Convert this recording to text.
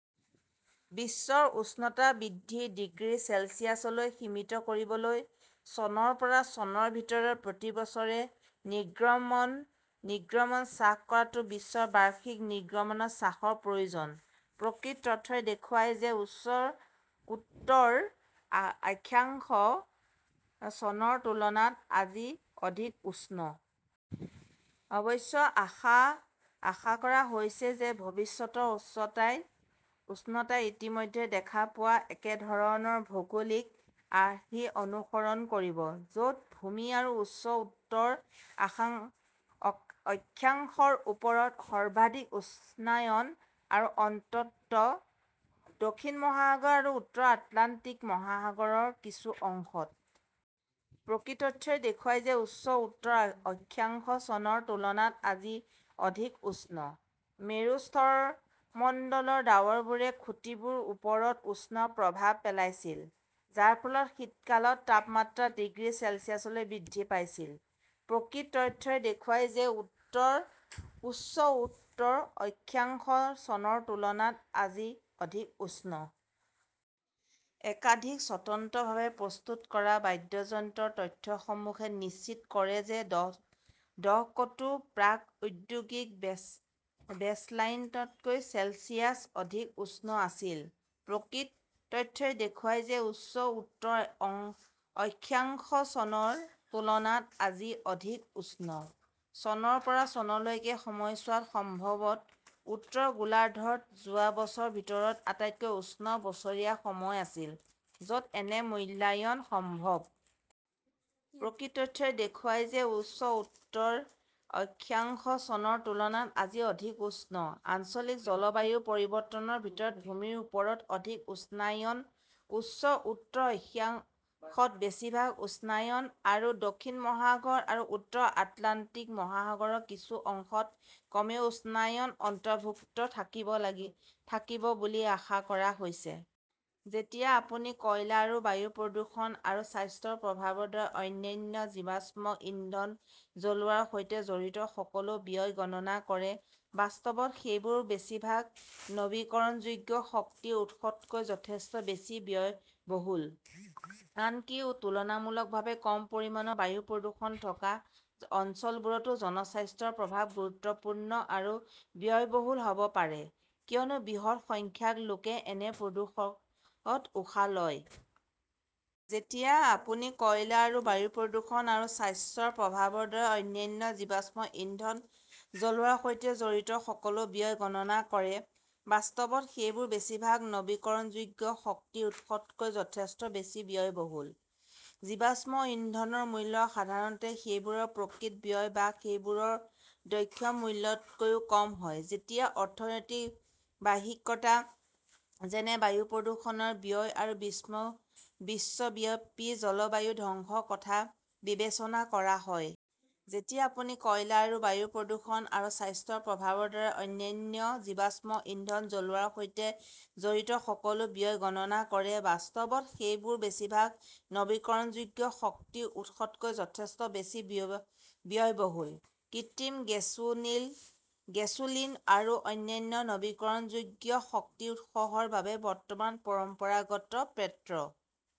বিশ্বৰ উষ্ণতা বৃদ্ধি ডিগ্ৰী চেলছিয়াছলৈ সীমিত কৰিবলৈ, চনৰ পৰা চনৰ ভিতৰত প্ৰতি বছৰে নিৰ্গমন হ্ৰাস কৰাটো বিশ্বৰ বাৰ্ষিক নিৰ্গমন হ্ৰাসৰ প্ৰয়োজন। প্ৰকৃত তথ্যই দেখুৱায় যে উচ্চ উত্তৰ অক্ষাংশ চনৰ তুলনাত আজি অধিক উষ্ণ। অৱশ্যে, আশা কৰা হৈছে যে ভৱিষ্যতৰ উষ্ণতাই ইতিমধ্যে দেখা পোৱা একেধৰণৰ ভৌগোলিক আৰ্হি অনুসৰণ কৰিব, য "ত ভূমি আৰু উচ্চ উত্তৰ অক্ষাংশৰ ওপৰত সৰ্বাধিক উষ্ণায়ন, আৰু অন্ততঃ দক্ষিণ মহাসাগৰ আৰু উত্তৰ আটলাণ্টিক মহাসাগৰৰ কিছু অংশত। প্ৰকৃত তথ্যই দেখুৱায় যে উচ্চ উত্তৰ অক্ষাংশ চনৰ তুলনাত আজি অধিক উষ্ণ। মেৰু স্তৰমণ্ডলৰ ডাৱৰবোৰে খুঁটিবোৰৰ ওপৰত উষ্ণ প্ৰভাৱ পেলাইছিল, যাৰ ফলত শীতকালত তাপমাত্ৰা ডিগ্ৰী চেলছিয়াছলৈকে বৃদ্ধি পাইছিল। প্ৰকৃত তথ্যই দেখুৱায় যে উচ্চ উত্তৰ অক্ষাংশ চনৰ তুলনাত আজি অধিক উষ্ণ। একাধিক স্বতন্ত্ৰভাৱে প্ৰস্তুত কৰা বাদ্যযন্ত্ৰৰ তথ্যসমুহে নিশ্চিত কৰে যে দশকটো প্ৰাক-ঔদ্যোগিক বেচলাইন তকৈ চেলছিয়াছ অধিক উষ্ণ আছিল। প্ৰকৃত তথ্যই দেখুৱায় যে উচ্চ উত্তৰ অক্ষাংশ চনৰ তুলনাত আজি অধিক উষ্ণ। চনৰ পৰা চনলৈকেৰ সময়ছোৱা সম্ভৱতঃ উত্তৰ গোলাৰ্ধত যোৱা বছৰৰ ভিতৰত আটাইতকৈ উষ্ণ বছৰীয়া সময় আছিল, য 'ত এনে মূল্যায়ন সম্ভৱ। প্ৰকৃত তথ্যই দেখুৱায় যে উচ্চ উত্তৰ অক্ষাংশ চনৰ তুলনাত আজি অধিক উষ্ণ। আঞ্চলিক জলবায়ুৰ পৰিৱৰ্তনৰ ভিতৰত ভূমিৰ ওপৰত অধিক উষ্ণায়ন, উচ্চ উত্তৰ অক্ষাংশত বেছিভাগ উষ্ণায়ন, আৰু দক্ষিণ মহাসাগৰ আৰু উত্তৰ আটলাণ্টিক মহাসাগৰৰ কিছু অংশত কমেও উষ্ণায়ন অন্তৰ্ভুক্ত থাকিব বুলি আশা কৰা হৈছে। যেতিয়া আপুনি কয়লা আৰু বায়ু প্ৰদূষণ আৰু স্বাস্থ্যৰ প্ৰভাৱৰ দৰে অন্যান্য জীৱাশ্ম ইন্ধন জ্বলোৱাৰ সৈতে জড়িত সকলো ব্যয় গণনা কৰে, বাস্তৱত সেইবোৰ বেছিভাগ নৱীকৰণযোগ্য শক্তি উৎসতকৈ যথেষ্ট বেছি ব্যয়বহুল। আনকি তুলনামূলকভাৱে কম পৰিমাণৰ বায়ু প্ৰদূষণ থকা অঞ্চলবোৰতো জনস্বাস্থ্যৰ প্ৰভাৱ গুৰুত্বপূৰ্ণ আৰু ব্যয়বহুল হ "ব পাৰে, কিয়নো বৃহৎ সংখ্যক লোকে এনে প্ৰদূষকত উশাহ লয়। যেতিয়া আপুনি কয়লা আৰু বায়ু প্ৰদূষণ আৰু স্বাস্থ্যৰ প্ৰভাৱৰ দৰে অন্যান্য জীৱাশ্ম ইন্ধন জ্বলোৱাৰ সৈতে জড়িত সকলো ব্যয় গণনা কৰে, বাস্তৱত সেইবোৰ বেছিভাগ নৱীকৰণযোগ্য শক্তি উৎসতকৈ যথেষ্ট বেছি ব্যয়বহুল। জীৱাশ্ম ইন্ধনৰ মূল্য সাধাৰণতে সেইবোৰৰ প্ৰকৃত ব্যয় বা সেইবোৰৰ "দক্ষ মূল্য" তকৈ কম হয়, যেতিয়া অৰ্থনৈতিক বাহ্যিকতা, যেনে বায়ু প্ৰদূষণৰ ব্যয় আৰু বিশ্বব্যাপী জলবায়ু ধ্বংসৰ কথা বিবেচনা কৰা হয়। যেতিয়া আপুনি কয়লা আৰু বায়ু প্ৰদূষণ আৰু স্বাস্থ্যৰ প্ৰভাৱৰ দৰে অন্যান্য জীৱাশ্ম ইন্ধন জ্বলোৱাৰ সৈতে জড়িত সকলো ব্যয় গণনা কৰে, বাস্তৱত সেইবোৰ বেছিভাগ নৱীকৰণযোগ্য শক্তি উৎসতকৈ যথেষ্ট বেছি ব্যয়বহুল। কৃত্ৰিম গেছোলিন আৰু অন্যান্য নৱীকৰণযোগ্য শক্তি উৎসৰ বাবে বৰ্তমান পৰম্পৰাগত পেট্ৰ